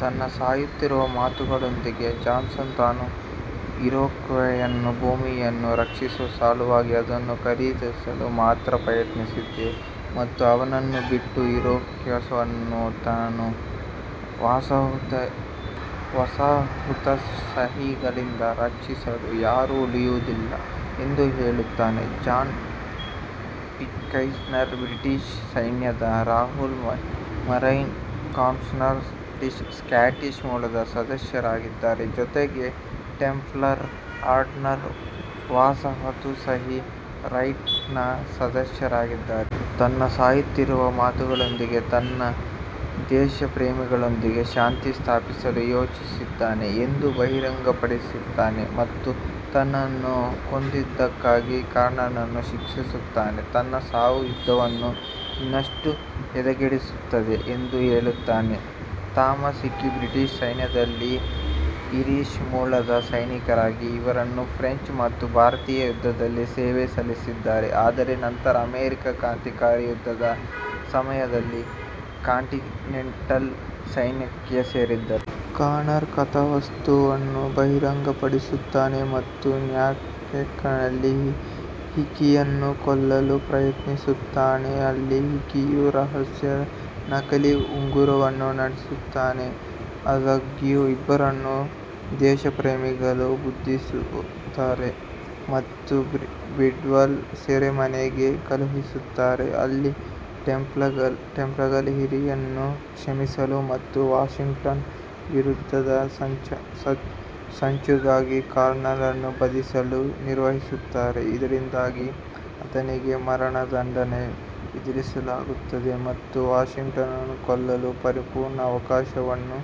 ತನ್ನ ಸಾಯುತ್ತಿರುವ ಮಾತುಗಳೊಂದಿಗೆ, ಜಾನ್ಸನ್ ತಾನು ಇರೊಕ್ವಾಯ್ಸ್ನ ಭೂಮಿಯನ್ನು ರಕ್ಷಿಸುವ ಸಲುವಾಗಿ ಅದನ್ನು ಖರೀದಿಸಲು ಮಾತ್ರ ಪ್ರಯತ್ನಿಸಿದೆ ಮತ್ತು ಅವನನ್ನು ಬಿಟ್ಟು, ಇರೊಕ್ವಾಯ್ಸ್ ಅನ್ನು ವಸಾಹತುಶಾಹಿಗಳಿಂದ ರಕ್ಷಿಸಲು ಯಾರೂ ಉಳಿಯುವುದಿಲ್ಲ ಎಂದು ಹೇಳುತ್ತಾನೆ. ಜಾನ್ ಪಿಟ್ಕೈರ್ನ್ ಬ್ರಿಟಿಷ್ ಸೈನ್ಯದ ರಾಯಲ್ ಮೆರೈನ್ ಕಾರ್ಪ್ಸ್ನ ಸ್ಕಾಟಿಷ್ ಮೂಲದ ಸದಸ್ಯರಾಗಿದ್ದಾರೆ, ಜೊತೆಗೆ ಟೆಂಪ್ಲರ್ ಆರ್ಡರ್ನ ವಸಾಹತುಶಾಹಿ ರೈಟ್ನ ಸದಸ್ಯರಾಗಿದ್ದಾರೆ. ತನ್ನ ಸಾಯುತ್ತಿರುವ ಮಾತುಗಳೊಂದಿಗೆ, ತಾನು ದೇಶಪ್ರೇಮಿಗಳೊಂದಿಗೆ ಶಾಂತಿ ಸ್ಥಾಪಿಸಲು ಯೋಜಿಸಿದ್ದೇನೆ ಎಂದು ಬಹಿರಂಗಪಡಿಸುತ್ತಾನೆ ಮತ್ತು ತನ್ನನ್ನು ಕೊಂದಿದ್ದಕ್ಕಾಗಿ ಕಾನರ್ನನ್ನು ಶಿಕ್ಷಿಸುತ್ತಾನೆ, ತನ್ನ ಸಾವು ಯುದ್ಧವನ್ನು ಇನ್ನಷ್ಟು ಹದಗೆಡಿಸುತ್ತದೆ ಎಂದು ಹೇಳುತ್ತಾನೆ. ಥಾಮಸ್ ಹಿಕಿ ಬ್ರಿಟಿಷ್ ಸೈನ್ಯದಲ್ಲಿ ಐರಿಷ್ ಮೂಲದ ಸೈನಿಕರಾಗಿದ್ದು, ಅವರು ಫ್ರೆಂಚ್ ಮತ್ತು ಭಾರತೀಯ ಯುದ್ಧದಲ್ಲಿ ಸೇವೆ ಸಲ್ಲಿಸಿದ್ದಾರೆ, ಆದರೆ ನಂತರ ಅಮೆರಿಕನ್ ಕ್ರಾಂತಿಕಾರಿ ಯುದ್ಧದ ಸಮಯದಲ್ಲಿ ಕಾಂಟಿನೆಂಟಲ್ ಸೈನ್ಯಕ್ಕೆ ಸೇರಿದರು. ಕಾನರ್ ಕಥಾವಸ್ತುವನ್ನು ಬಹಿರಂಗಪಡಿಸುತ್ತಾನೆ ಮತ್ತು ನ್ಯೂಯಾರ್ಕ್ನಲ್ಲಿ ಹಿಕಿಯನ್ನು ಕೊಲ್ಲಲು ಪ್ರಯತ್ನಿಸುತ್ತಾನೆ, ಅಲ್ಲಿ ಹಿಕಿಯು ರಹಸ್ಯ ನಕಲಿ ಉಂಗುರವನ್ನು ನಡೆಸುತ್ತಾನೆ. ಆದಾಗ್ಯೂ, ಇಬ್ಬರನ್ನೂ ದೇಶಪ್ರೇಮಿಗಳು ಬಂಧಿಸುತ್ತಾರೆ ಮತ್ತು ಬ್ರಿಡ್ವೆಲ್ ಸೆರೆಮನೆಗೆ ಕಳುಹಿಸುತ್ತಾರೆ, ಅಲ್ಲಿ ಟೆಂಪ್ಲರ್ಗಳು ಹಿಕಿಯನ್ನು ಕ್ಷಮಿಸಲು ಮತ್ತು ವಾಷಿಂಗ್ಟನ್ನ ವಿರುದ್ಧದ ಸಂಚುಗಾಗಿ ಕಾನರ್ನನ್ನು ಬಂಧಿಸಲು ನಿರ್ವಹಿಸುತ್ತಾರೆ, ಇದರಿಂದಾಗಿ ಆತನಿಗೆ ಮರಣದಂಡನೆ ವಿಧಿಸಲಾಗುತ್ತದೆ ಮತ್ತು ವಾಷಿಂಗ್ಟನ್ನನ್ನು ಕೊಲ್ಲಲು ಪರಿಪೂರ್ಣ ಅವಕಾಶವನ್ನು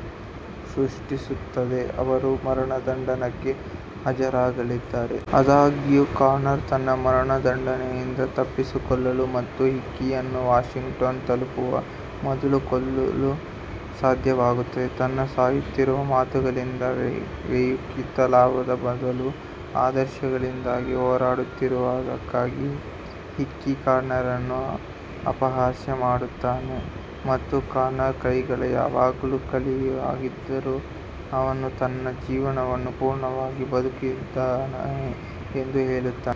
ಸೃಷ್ಟಿಸುತ್ತದೆ, ಅವರು ಮರಣದಂಡನೆಗೆ ಹಾಜರಾಗಲಿದ್ದಾರೆ. ಆದಾಗ್ಯೂ, ಕಾನರ್ ತನ್ನ ಮರಣದಂಡನೆಯಿಂದ ತಪ್ಪಿಸಿಕೊಳ್ಳಲು ಮತ್ತು ಹಿಕ್ಕಿಯನ್ನು ವಾಷಿಂಗ್ಟನ್ಗೆ ತಲುಪುವ ಮೊದಲು ಕೊಲ್ಲಲು ಸಾಧ್ಯವಾಗುತ್ತದೆ. ತನ್ನ ಸಾಯುತ್ತಿರುವ ಮಾತುಗಳಿಂದ, ವೈಯಕ್ತಿಕ ಲಾಭದ ಬದಲು ಆದರ್ಶಗಳಿಗಾಗಿ ಹೋರಾಡುತ್ತಿರುವುದಕ್ಕಾಗಿ ಹಿಕ್ಕಿ ಕಾನರ್ನನ್ನು ಅಪಹಾಸ್ಯ ಮಾಡುತ್ತಾನೆ ಮತ್ತು ಕಾನರ್ನ ಕೈಗಳು ಯಾವಾಗಲೂ ಖಾಲಿಯಾಗಿದ್ದರೂ, ಅವನು ತನ್ನ ಜೀವನವನ್ನು ಪೂರ್ಣವಾಗಿ ಬದುಕಿದ್ದಾನೆ ಎಂದು ಹೇಳುತ್ತಾನೆ.